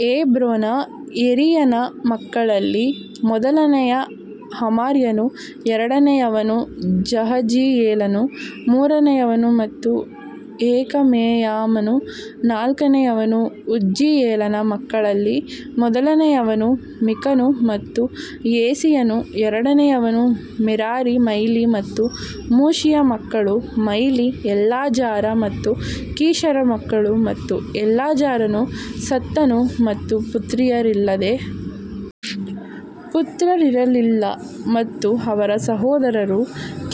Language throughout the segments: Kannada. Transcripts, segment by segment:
ಹೆಬ್ರೋನ ಯೆರೀಯನ ಮಕ್ಕಳಲ್ಲಿ ಮೊದಲನೆಯ ಅಮರ್ಯಾನು ಎರಡನೆಯವನು ಜಹಜಿಯೇಲನು ಮೂರನೆಯವನು ಮತ್ತು ಯೆಕಮೆಯಾಮನು ನಾಲ್ಕನೆಯವನು ಉಜ್ಜೀಯೇಲನ ಮಕ್ಕಳಲ್ಲಿ ಮೊದಲನೆಯವನು ಮಿಕನು ಮತ್ತು ಯೆಸೀಯನು ಎರಡನೆಯವನು ಮೆರಾರಿ ಮಹ್ಲಿ ಮತ್ತು ಮೂಷಿಯ ಮಕ್ಕಳು ಮಹ್ಲಿ ಎಲ್ಲಾಜಾರ ಮತ್ತು ಕೀಷರ ಮಕ್ಕಳು ಮತ್ತು ಎಲ್ಲಾಜಾರನು ಸತ್ತನು ಮತ್ತು ಪುತ್ರಿಯರಲ್ಲದೆ ಪುತ್ರರಿರಲಿಲ್ಲ ಮತ್ತು ಅವರ ಸಹೋದರರು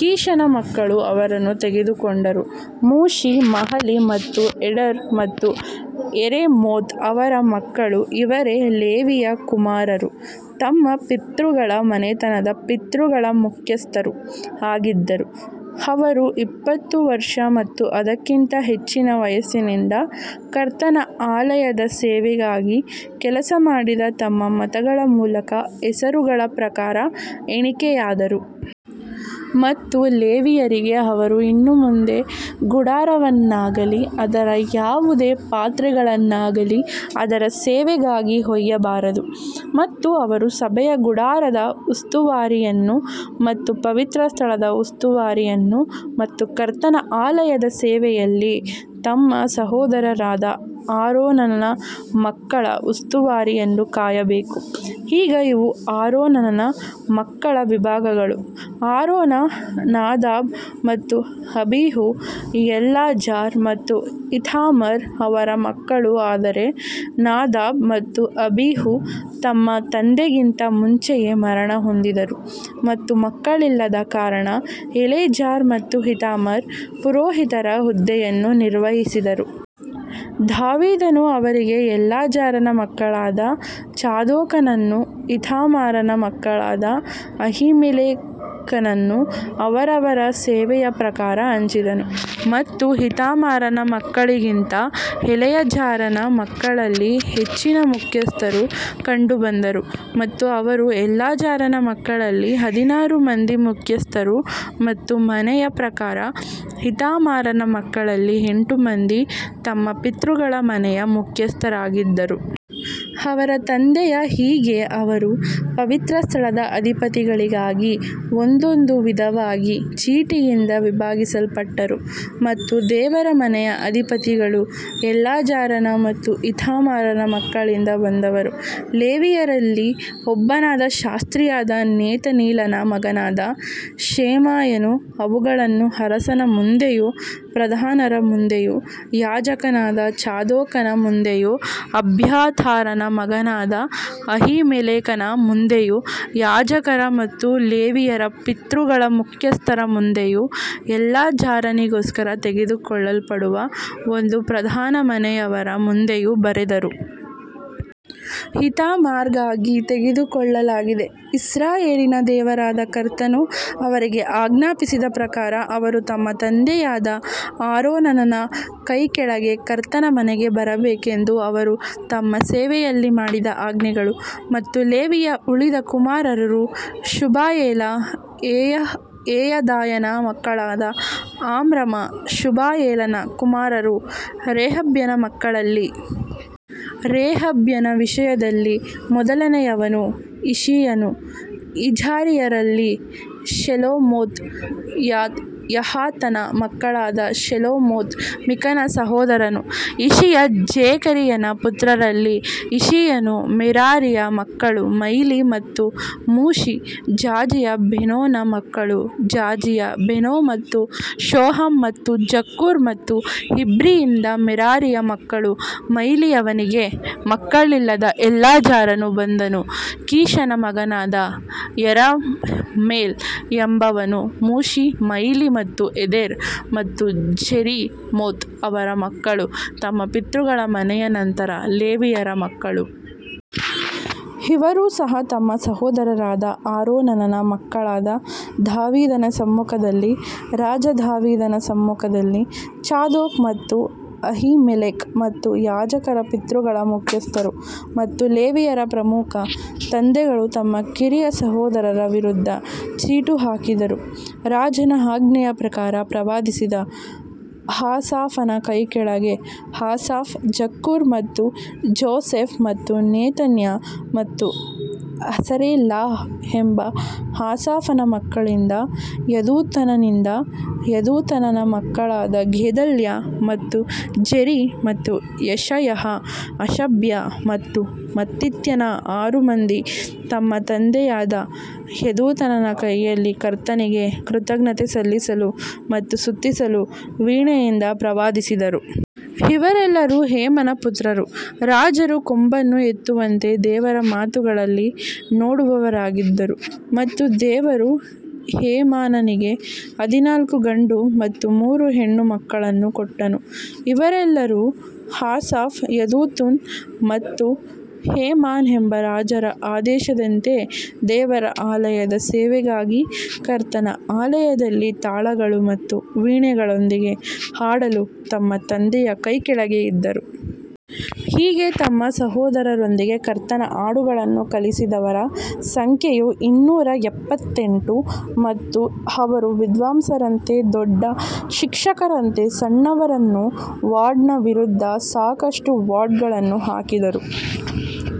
ಕೀಷನ ಮಕ್ಕಳು ಅವರನ್ನು ತೆಗೆದುಕೊಂಡರು ಮೂಶಿ ಮಹಲಿ ಮತ್ತು ಎಡರ್ ಮತ್ತು ಯೆರೆಮೋತ್ ಅವರ ಮಕ್ಕಳು ಇವರೇ ಲೇವಿಯ ಕುಮಾರರು ತಮ್ಮ ಪಿತೃಗಳ ಮನೆತನದ ಪಿತೃಗಳ ಮುಖ್ಯಸ್ಥರೂ ಆಗಿದ್ದರು, ಅವರು ಇಪ್ಪತ್ತು ವರ್ಷ ಮತ್ತು ಅದಕ್ಕಿಂತ ಹೆಚ್ಚಿನ ವಯಸ್ಸಿನಿಂದ ಕರ್ತನ ಆಲಯದ ಸೇವೆಗಾಗಿ ಕೆಲಸ ಮಾಡಿದ ತಮ್ಮ ಮತಗಳ ಮೂಲಕ ಹೆಸರುಗಳ ಪ್ರಕಾರ ಎಣಿಕೆಯಾದರು. ಮತ್ತು ಲೇವಿಯರಿಗೆ ಅವರು ಇನ್ನು ಮುಂದೆ ಗುಡಾರವನ್ನಾಗಲಿ ಅದರ ಯಾವುದೇ ಪಾತ್ರೆಗಳನ್ನಾಗಲಿ ಅದರ ಸೇವೆಗಾಗಿ ಒಯ್ಯಬಾರದು. ಮತ್ತು ಅವರು ಸಭೆಯ ಗುಡಾರದ ಉಸ್ತುವಾರಿಯನ್ನು ಮತ್ತು ಪವಿತ್ರ ಸ್ಥಳದ ಉಸ್ತುವಾರಿಯನ್ನು ಮತ್ತು ಕರ್ತನ ಆಲಯದ ಸೇವೆಯಲ್ಲಿ ತಮ್ಮ ಸಹೋದರರಾದ ಆರೋನನ ಮಕ್ಕಳ ಉಸ್ತುವಾರಿಯನ್ನು ಕಾಯಬೇಕು. ಈಗ ಇವು ಆರೋನನ ಮಕ್ಕಳ ವಿಭಾಗಗಳು, ಆರೋನ ನಾದಾಬ್ ಮತ್ತು ಅಬೀಹು ಎಲ್ಲಾಜಾರ್ ಮತ್ತು ಈತಾಮಾರ್ ಅವರ ಮಕ್ಕಳು ಆದರೆ ನಾದಾಬ್ ಮತ್ತು ಅಬೀಹು ತಮ್ಮ ತಂದೆಗಿಂತ ಮುಂಚೆಯೇ ಮರಣಹೊಂದಿದರು ಮತ್ತು ಮಕ್ಕಳಿಲ್ಲದ ಕಾರಣ ಎಲೆಜಾರ್ ಮತ್ತು ಈತಾಮಾರ್ ಪುರೋಹಿತರ ಹುದ್ದೆಯನ್ನು ನಿರ್ವಹಿಸಿದರು. ದಾವೀದನು ಅವರಿಗೆ ಎಲ್ಲಾಜಾರನ ಮಕ್ಕಳಾದ ಚಾದೋಕನನ್ನೂ ಈತಾಮಾರನ ಮಕ್ಕಳಾದ ಅಹೀಮೆಲೆಕನನ್ನೂ ಅವರವರ ಸೇವೆಯ ಪ್ರಕಾರ ಹಂಚಿದನು. ಮತ್ತು ಈತಾಮಾರನ ಮಕ್ಕಳಿಗಿಂತ ಎಲೆಯಾಜರನ ಮಕ್ಕಳಲ್ಲಿ ಹೆಚ್ಚಿನ ಮುಖ್ಯಸ್ಥರು ಕಂಡುಬಂದರು ಮತ್ತು ಅವರು ಎಲ್ಲಾಜಾರನ ಮಕ್ಕಳಲ್ಲಿ ಹದಿನಾರು ಮಂದಿ ಮುಖ್ಯಸ್ಥರು ಮತ್ತು ಮನೆಯ ಪ್ರಕಾರ ಈತಾಮಾರನ ಮಕ್ಕಳಲ್ಲಿ ಎಂಟು ಮಂದಿ ತಮ್ಮ ಪಿತೃಗಳ ಮನೆಯ ಮುಖ್ಯಸ್ಥರಾಗಿದ್ದರು. ಅವರ ತಂದೆಯ ಹೀಗೆ ಅವರು ಪವಿತ್ರಸ್ಥಳದ ಅಧಿಪತಿಗಳಿಗಾಗಿ ಒಂದೊಂದು ವಿಧವಾಗಿ ಚೀಟಿಯಿಂದ ವಿಭಾಗಿಸಲ್ಪಟ್ಟರು ಮತ್ತು ದೇವರ ಮನೆಯ ಅಧಿಪತಿಗಳು ಎಲ್ಲಾಜಾರನ ಮತ್ತು ಈತಾಮಾರನ ಮಕ್ಕಳಿಂದ ಬಂದವರು. ಲೇವಿಯರಲ್ಲಿ ಒಬ್ಬನಾದ ಶಾಸ್ತ್ರಿಯಾದ ನೆತನೀಲನ ಮಗನಾದ ಶೆಮಾಯನು ಅವುಗಳನ್ನು ಅರಸನ ಮುಂದೆಯೂ ಪ್ರಧಾನರ ಮುಂದೆಯೂ ಯಾಜಕನಾದ ಚಾದೋಕನ ಮುಂದೆಯೂ ಅಬ್ಯಾತಾರನ ಮಗನಾದ ಅಹೀಮೆಲೆಕನ ಮುಂದೆಯೂ ಯಾಜಕರ ಮತ್ತು ಲೇವಿಯರ ಪಿತೃಗಳ ಮುಖ್ಯಸ್ಥರ ಮುಂದೆಯೂ ಎಲ್ಲಾಜಾರನಿಗೋಸ್ಕರ ತೆಗೆದುಕೊಳ್ಳಲ್ಪಡುವ ಒಂದು ಪ್ರಧಾನ ಮನೆಯವರ ಮುಂದೆಯೂ ಬರೆದರು. ಇತಾಮಾರ್ಗಾಗಿ ತೆಗೆದುಕೊಳ್ಳಲಾಗಿದೆ ಇಸ್ರಾಯೇಲಿನ ದೇವರಾದ ಕರ್ತನು ಅವರಿಗೆ ಆಜ್ಞಾಪಿಸಿದ ಪ್ರಕಾರ ಅವರು ತಮ್ಮ ತಂದೆಯಾದ ಆರೋನನ ಕೈಕೆಳಗೆ ಕರ್ತನ ಮನೆಗೆ ಬರಬೇಕೆಂದು ಅವರು ತಮ್ಮ ಸೇವೆಯಲ್ಲಿ ಮಾಡಿದ ಆಜ್ಞೆಗಳು. ಮತ್ತು ಲೇವಿಯ ಉಳಿದ ಕುಮಾರರು ಶುಬಾಯೇಲ ಯೆಹದಾಯನ ಮಕ್ಕಳಾದ ಅಮ್ರಾಮ ಶುಬಾಯೇಲನ ಕುಮಾರರು. ರೆಹಬ್ಯನ ಮಕ್ಕಳಲ್ಲಿ ರೆಹಬ್ಯನ ವಿಷಯದಲ್ಲಿ ಮೊದಲನೆಯವನು ಇಷೀಯನು ಇಜಾರಿಯರಲ್ಲಿ ಶೆಲೋಮೋತ್ ಯಹಾತನ ಮಕ್ಕಳಾದ ಶೆಲೋಮೋತ್ ಮಿಕನ ಸಹೋದರನು ಇಷೀಯ ಜೆಕರೀಯನ ಪುತ್ರರಲ್ಲಿ ಇಷೀಯನು ಮೆರಾರಿಯ ಮಕ್ಕಳು ಮಹ್ಲಿ ಮತ್ತು ಮೂಷಿ ಜಾಜಿಯಾ ಬೆನೋನ ಮಕ್ಕಳು ಜಾಜಿಯಾ ಬೆನೋ ಮತ್ತು ಶೋಹಮ್ ಮತ್ತು ಜಕ್ಕೂರ್ ಮತ್ತು ಇಬ್ರಿಯಿಂದ ಮೆರಾರಿಯ ಮಕ್ಕಳು ಮಹ್ಲಿಯವನಿಗೆ ಮಕ್ಕಳಿಲ್ಲದ ಎಲ್ಲಾಜಾರನು ಬಂದನು ಕೀಷನ ಮಗನಾದ ಯೆರಹ್ಮೇಲ್ ಎಂಬವನು ಮೂಷಿ ಮಹ್ಲಿ ಮತ್ತು ಎದೆರ್ ಮತ್ತು ಜೆರಿಮೋತ್ ಅವರ ಮಕ್ಕಳು ತಮ್ಮ ಪಿತೃಗಳ ಮನೆಯ ನಂತರ ಲೇವಿಯರ ಮಕ್ಕಳು. ಇವರೂ ಸಹ ತಮ್ಮ ಸಹೋದರರಾದ ಆರೋನನ ಮಕ್ಕಳಾದ ದಾವೀದನ ಸಮ್ಮುಖದಲ್ಲಿ ರಾಜ ದಾವೀದನ ಸಮ್ಮುಖದಲ್ಲಿ, ಚಾದೋಕ್ ಮತ್ತು ಅಹೀಮೆಲೆಕ್ ಮತ್ತು ಯಾಜಕರ ಪಿತೃಗಳ ಮುಖ್ಯಸ್ಥರು ಮತ್ತು ಲೇವಿಯರ ಪ್ರಮುಖ ತಂದೆಗಳು ತಮ್ಮ ಕಿರಿಯ ಸಹೋದರರ ವಿರುದ್ಧ ಚೀಟು ಹಾಕಿದರು. ರಾಜನ ಆಜ್ಞೆಯ ಪ್ರಕಾರ ಪ್ರವಾದಿಸಿದ ಆಸಾಫನ ಕೈಕೆಳಗೆ ಆಸಾಫ್ ಜಕ್ಕೂರ್ ಮತ್ತು ಜೋಸೆಫ್ ಮತ್ತು ನೆತನ್ಯ ಮತ್ತು ಅಸರೆಲಾಹ್ ಎಂಬ ಆಸಾಫನ ಮಕ್ಕಳಿಂದ ಯೆದುತೂನನಿಂದ ಯೆದುತೂನನ ಮಕ್ಕಳಾದ ಗೆದಲ್ಯ ಮತ್ತು ಜೆರಿ ಮತ್ತು ಯೆಷಯಹ ಹಷಬ್ಯ ಮತ್ತು ಮತ್ತಿತ್ಯನ ಆರು ಮಂದಿ ತಮ್ಮ ತಂದೆಯಾದ ಯೆದುತೂನನ ಕೈಯಲ್ಲಿ ಕರ್ತನಿಗೆ ಕೃತಜ್ಞತೆ ಸಲ್ಲಿಸಲು ಮತ್ತು ಸ್ತುತಿಸಲು ವೀಣೆಯಿಂದ ಪ್ರವಾದಿಸಿದರು. ಇವರೆಲ್ಲರೂ ಹೇಮನ ಪುತ್ರರು, ರಾಜರು ಕೊಂಬನ್ನು ಎತ್ತುವಂತೆ ದೇವರ ಮಾತುಗಳಲ್ಲಿ ನೋಡುವವರಾಗಿದ್ದರು ಮತ್ತು ದೇವರು ಹೇಮಾನನಿಗೆ ಹದಿನಾಲ್ಕು ಗಂಡು ಮತ್ತು ಮೂರು ಹೆಣ್ಣು ಮಕ್ಕಳನ್ನು ಕೊಟ್ಟನು. ಇವರೆಲ್ಲರೂ ಆಸಾಫ್ ಯೆದುತೂನ್ ಮತ್ತು ಹೇಮಾನ್ ಎಂಬ ರಾಜರ ಆದೇಶದಂತೆ ದೇವರ ಆಲಯದ ಸೇವೆಗಾಗಿ ಕರ್ತನ ಆಲಯದಲ್ಲಿ ತಾಳಗಳು ಮತ್ತು ವೀಣೆಗಳೊಂದಿಗೆ ಹಾಡಲು ತಮ್ಮ ತಂದೆಯ ಕೈಕೆಳಗೆ ಇದ್ದರು. ಹೀಗೆ ತಮ್ಮ ಸಹೋದರರೊಂದಿಗೆ ಕರ್ತನ ಹಾಡುಗಳನ್ನು ಕಲಿಸಿದವರ ಸಂಖ್ಯೆಯು ಇನ್ನೂರ ಎಪ್ಪತ್ತೆಂಟು. ಮತ್ತು ಅವರು ವಿದ್ವಾಂಸರಂತೆ ದೊಡ್ಡ ಶಿಕ್ಷಕರಂತೆ ಸಣ್ಣವರನ್ನೂ ವಾರ್ಡ್ನ ವಿರುದ್ಧ ಸಾಕಷ್ಟು ವಾರ್ಡ್ಗಳನ್ನು ಹಾಕಿದರು.